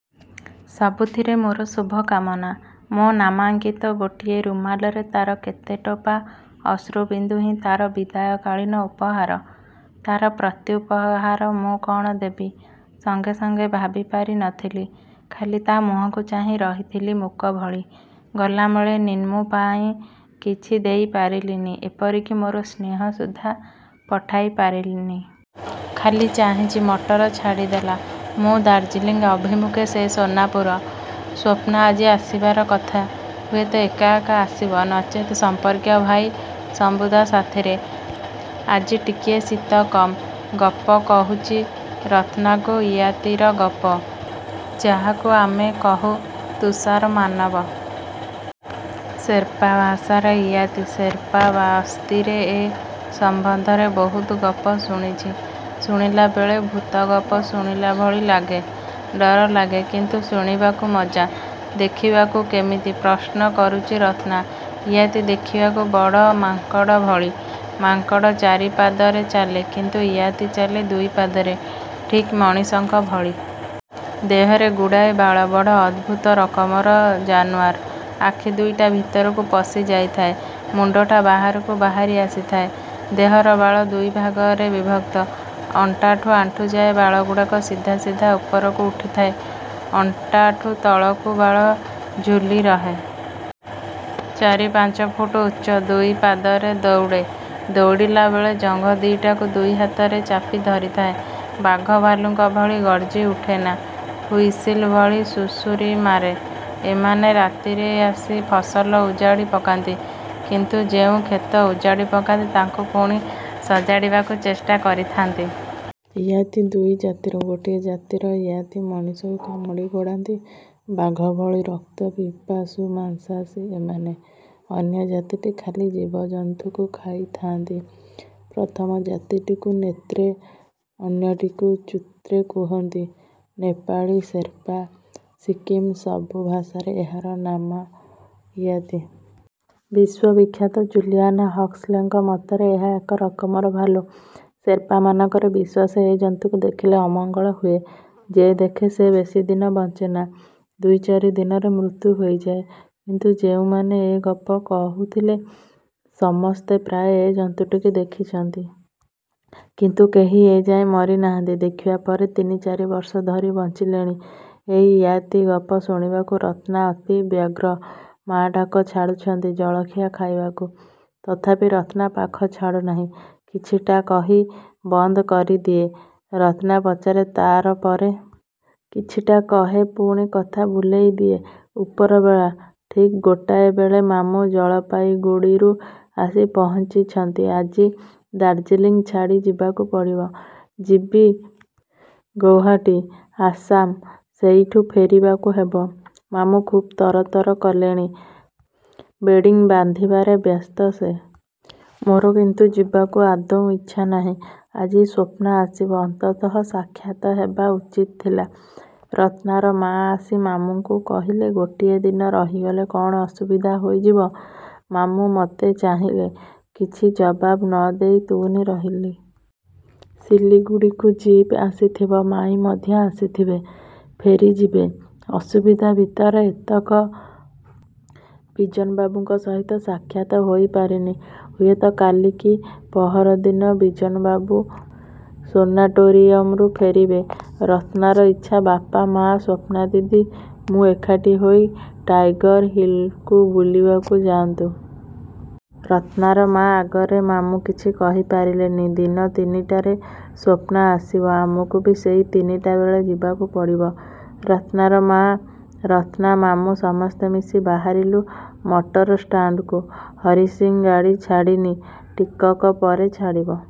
ସବୁଥିରେ ମୋର ଶୁଭକାମନା। ମୋ ନାମାଙ୍କିତ ଗୋଟିଏ ରୁମାଲରେ ତାର କେତେଟୋପା ଅଶ୍ରୁବିନ୍ଦୁ ହିଁ ତା'ର ବିଦାୟକାଳୀନ ଉପହାର। ତାର ପ୍ରତ୍ୟୁପହାର ମୁଁ କ'ଣ ଦେବି ସଙ୍ଗେ ସଙ୍ଗେ ଭାବିପାରି ନ ଥିଲି। ଖାଲି ତା ମୁହଁକୁ ଚାହିଁ ରହିଥିଲି ମୂକ ଭଳି। ଗଲାବେଳେ ନିମ୍ମୁ ପାଇଁ କିଛି ଦେଇ ପାରିଲିନି ଏପରିକି ମୋର ସ୍ନେହ ସୁଦ୍ଧା ପଠାଇ ପାରିନି। ଖାଲି ଚାହିଁଚି ମଟର ଛାଡ଼ିଦେଲା। ମୁଁ ଦାର୍ଜିଲିଂ ଅଭିମୁଖେ ସେ ସୋନାପୁର। ସ୍ୱପ୍ନା ଆଜି ଆସିବାର କଥା। ହୁଏତ ଏକା ଏକା ଆସିବ, ନଚେତ ସମ୍ପର୍କୀୟ ଭାଇ ଶମ୍ଭୂଦା ସାଥିରେ। ଆଜି ଟିକିଏ ଶୀତ କମ୍। ଗପ କହୁଚି ରତ୍ନାକୁ ଇୟାତି ର ଗପ, ଯାହାକୁ ଆମେ କହୁ ତୁଷାର ମାନବ। ସେର୍ପା ଭାଷାରେ ଇୟାତି। ସେର୍ପା ବସ୍ତିରେ ଏ ସମ୍ବନ୍ଧରେ ବହୁତ ଗପ ଶୁଣିଛି। ଶୁଣିଲାବେଳେ ଭୂତ ଗପ ଶୁଣିଲା ଭଳି ଲାଗେ। ଡର ଲାଗେ କିନ୍ତୁ ଶୁଣିବାକୁ ମଜା। ଦେଖିବାକୁ କେମିତି? ପ୍ରଶ୍ନ କରୁଚି ରତ୍ନା। ଇୟାତି ଦେଖିବାକୁ ବଡ଼ ମାଙ୍କଡ଼ ଭଳି। ମାଙ୍କଡ଼ ଚାରି ପାଦରେ ଚାଲେ କିନ୍ତୁ ଇୟାତି ଚାଲେ ଦୁଇ ପାଦରେ ଠିକ୍ ମଣିଷଙ୍କ ଭଳି। ଦେହରେ ଗୁଡ଼ାଏ ବାଳ। ବଡ଼ ଅଦ୍ଭୁତ ରକମର ଜାନୁଆର। ଆଖି ଦୁଇଟା ଭିତରକୁ ପଶି ଯାଇଥାଏ, ମୁଣ୍ଡଟା ବାହାରକୁ ବାହାରି ଆସିଥାଏ। ଦେହର ବାଳ ଦୁଇ ଭାଗରେ ବିଭକ୍ତ। ଅଣ୍ଟାଠୁ ମୁଣ୍ଡଯାଏଁ ବାଳଗୁଡ଼ାକ ସିଧା ସିଧା ଉପରକୁ ଉଠିଥାଏ। ଅଣ୍ଟାଠୁ ତଳକୁ ବାଳ ଝୁଲି ରହେ। ଚାରି ପାଞ୍ଚ ଫୁଟ୍ ଉଚ୍ଚ। ଦୁଇ ପାଦରେ ଦୌଡ଼େ। ଦୌଡ଼ିଲା ବେଳେ ଜଙ୍ଘ ଦିଓଟିକୁ ଦୁଇ ହାତରେ ଚାପି ଧରିଥାଏ। ବାଘ ଭାଲୁଙ୍କ ଭଳି ଗର୍ଜି ଉଠେନା, ହୁଇସିଲ୍ ଭଳି ଶୁଶୁରି ମାରେ। ଏମାନେ ରାତିରେ ଆସି ଫସଲ ଉଜାଡ଼ି ପକାନ୍ତି କିନ୍ତୁ ଯେଉଁ କ୍ଷେତ ଉଜାଡ଼ି ପକାନ୍ତି ତାକୁ ପୁଣି ସଜାଡ଼ିବାକୁ ଚେଷ୍ଟା କରିଥାଆନ୍ତି। ଇୟାତି ଦୁଇ ଜାତିର। ଗୋଟିଏ ଜାତିର ଇୟାତି ମଣିଷକୁ କାମୁଡ଼ି ଗୋଡ଼ାନ୍ତି। ବାଘ ଭଳି ରକ୍ତ ପିପାସୁ ମାଂସାଶୀ ଏମାନେ। ଅନ୍ୟଜାତିଟି ଖାଲି ଜୀବଜନ୍ତୁକୁ ଖାଇ ଥାଆନ୍ତି। ପ୍ରଥମ ଜାତିଟିକୁ ନେତ୍ରେ ଅନ୍ୟଟିକୁ ଚୁତ୍ରେ କୁହନ୍ତି। ନେପାଳୀ, ସେର୍ପା, ସିକିମ୍ ସବୁ ଭାଷାରେ ଏହାର ନାମ ଇୟାତି। ବିଶ୍ୱବିଖ୍ୟାତ ଜୁଲିଆନା ହକ୍ସଲେଙ୍କ ମତରେ ଏହା ଏକ ରକମର ଭାଲୁ। ସେର୍ପାମାନଙ୍କର ବିଶ୍ୱାସ ଏ ଜନ୍ତୁକୁ ଦେଖିଲେ ଅମଙ୍ଗଳ ହୁଏ। ଯେ ଦେଖେ ସେ ବେଶୀଦିନ ବଞ୍ଚେନା। ଦୁଇ ଚାରି ଦିନରେ ମୃତ୍ୟୁ ହୋଇଯାଏ। କିନ୍ତୁ ଯେଉଁମାନେ ଏ ଗପ କହୁଥିଲେ, ସମସ୍ତେ ପ୍ରାୟ ଏ ଜନ୍ତୁଟିକୁ ଦେଖିଛନ୍ତି। କିନ୍ତୁ କେହି ଏ ଯାଏଁ ମରିନାହାନ୍ତି। ଦେଖିବା ପରେ ତିନି ଚାରି ବର୍ଷ ଧରି ବଞ୍ଚିଲେଣି। ଏଇ ''ଇୟାତି'' ଗପ ଶୁଣିବାକୁ ରତ୍ନା ଅତି ବ୍ୟଗ୍ର। ମା ଡାକ ଛାଡ଼ିଚନ୍ତି ଜଳଖିଆ ଖାଇବାକୁ। ତଥାପି ରତ୍ନା ପାଖ ଛାଡ଼ୁନାହିଁ। କିଛିଟା କହି ବନ୍ଦ କରିଦିଏ। ରତ୍ନା ପଚାରେ ତା'ର ପରେ? କିଛିଟା କହେ ପୁଣି କଥା ବୁଲାଇ ଦିଏ। ଉପର ବେଳା। ଠିକ୍ ଗୋଟାଏ ବେଳେ ମାମୁଁ ଜଳପାଇଗୁଡ଼ିରୁ ଆସି ପହଞ୍ଚିଛନ୍ତି। ଆଜି ଦାର୍ଜିଲିଂ ଛାଡ଼ି ଯିବାକୁ ପଡ଼ିବ। ଯିବି ଗୌହାଟୀ। ଆସାମ। ସେଇଠୁ ଫେରିବାକୁ ହେବ। ମାମୁଁ ଖୁବ୍ ତରତର କଲେଣି। ବେଡ଼ିଂ ବାନ୍ଧିବାରେ ବ୍ୟସ୍ତ ସେ। ମୋର କିନ୍ତୁ ଯିବାକୁ ଆଦୌ ଇଚ୍ଛା ନାହିଁ। ଆଜି ସ୍ୱପ୍ନା ଆସିବ। ଅନ୍ତତଃ ସାକ୍ଷାତ ହେବା ଉଚିତ ଥିଲା। ରତ୍ନାର ମାଆ ଆସି ମାମୁଁଙ୍କୁ କହିଲେ ଗୋଟିଏ ଦିନ ରହିଗଲେ କ'ଣ ଅସୁବିଧା ହୋଇଯିବ? ମାମୁଁ ମତେ ଚାହିଁଲେ। କିଛି ଜବାବ ନ ଦେଇ ତୁନି ରହିଲି। ଶିଲିଗୁଡ଼ିକୁ ଜୀପ୍ ଆସିଥିବ। ମାଈଁ ମଧ୍ୟ ଆସିଥିବେ। ଫେରିଯିବେ। ଅସୁବିଧା ଭିତରେ ଏତକ। ବିଜନବାବୁଙ୍କ ସହିତ ସାକ୍ଷାତ ହୋଇ ପାରିନି। ହୁଏତ କାଲି କି ପହର ଦିନ ବିଜନବାବୁ ସାନାଟୋରିୟମରୁ ଫେରିବେ। ରତ୍ନାର ଇଚ୍ଛା ବାପା, ମା, ସ୍ୱପ୍ନାଦିଦି, ମୁଁ ଏକାଠି ହୋଇ ଟାଇଗର୍ ହିଲ୍କୁ ବୁଲିବାକୁ ଯାଆନ୍ତୁ। ରତ୍ନାର ମାଆ ଆଗରେ ମାମୁଁ କିଛି କହି ପାରିଲେନି। ଦିନ ତିନିଟାରେ ସ୍ୱପ୍ନା ଆସିବ। ଆମକୁ ବି ସେଇ ତିନିଟା ବେଳେ ଯିବାକୁ ପଡ଼ିବ। ରତ୍ନାର ମାଆ, ରତ୍ନା, ମାମୁଁ ସମସ୍ତେ ମିଶି ବାହାରିଲୁ ମଟରଷ୍ଟାଣ୍ଡକୁ। ହରିସିଂ ଗାଡ଼ି ଛାଡ଼ିନି। ଟିକକ ପରେ ଛାଡ଼ିବ।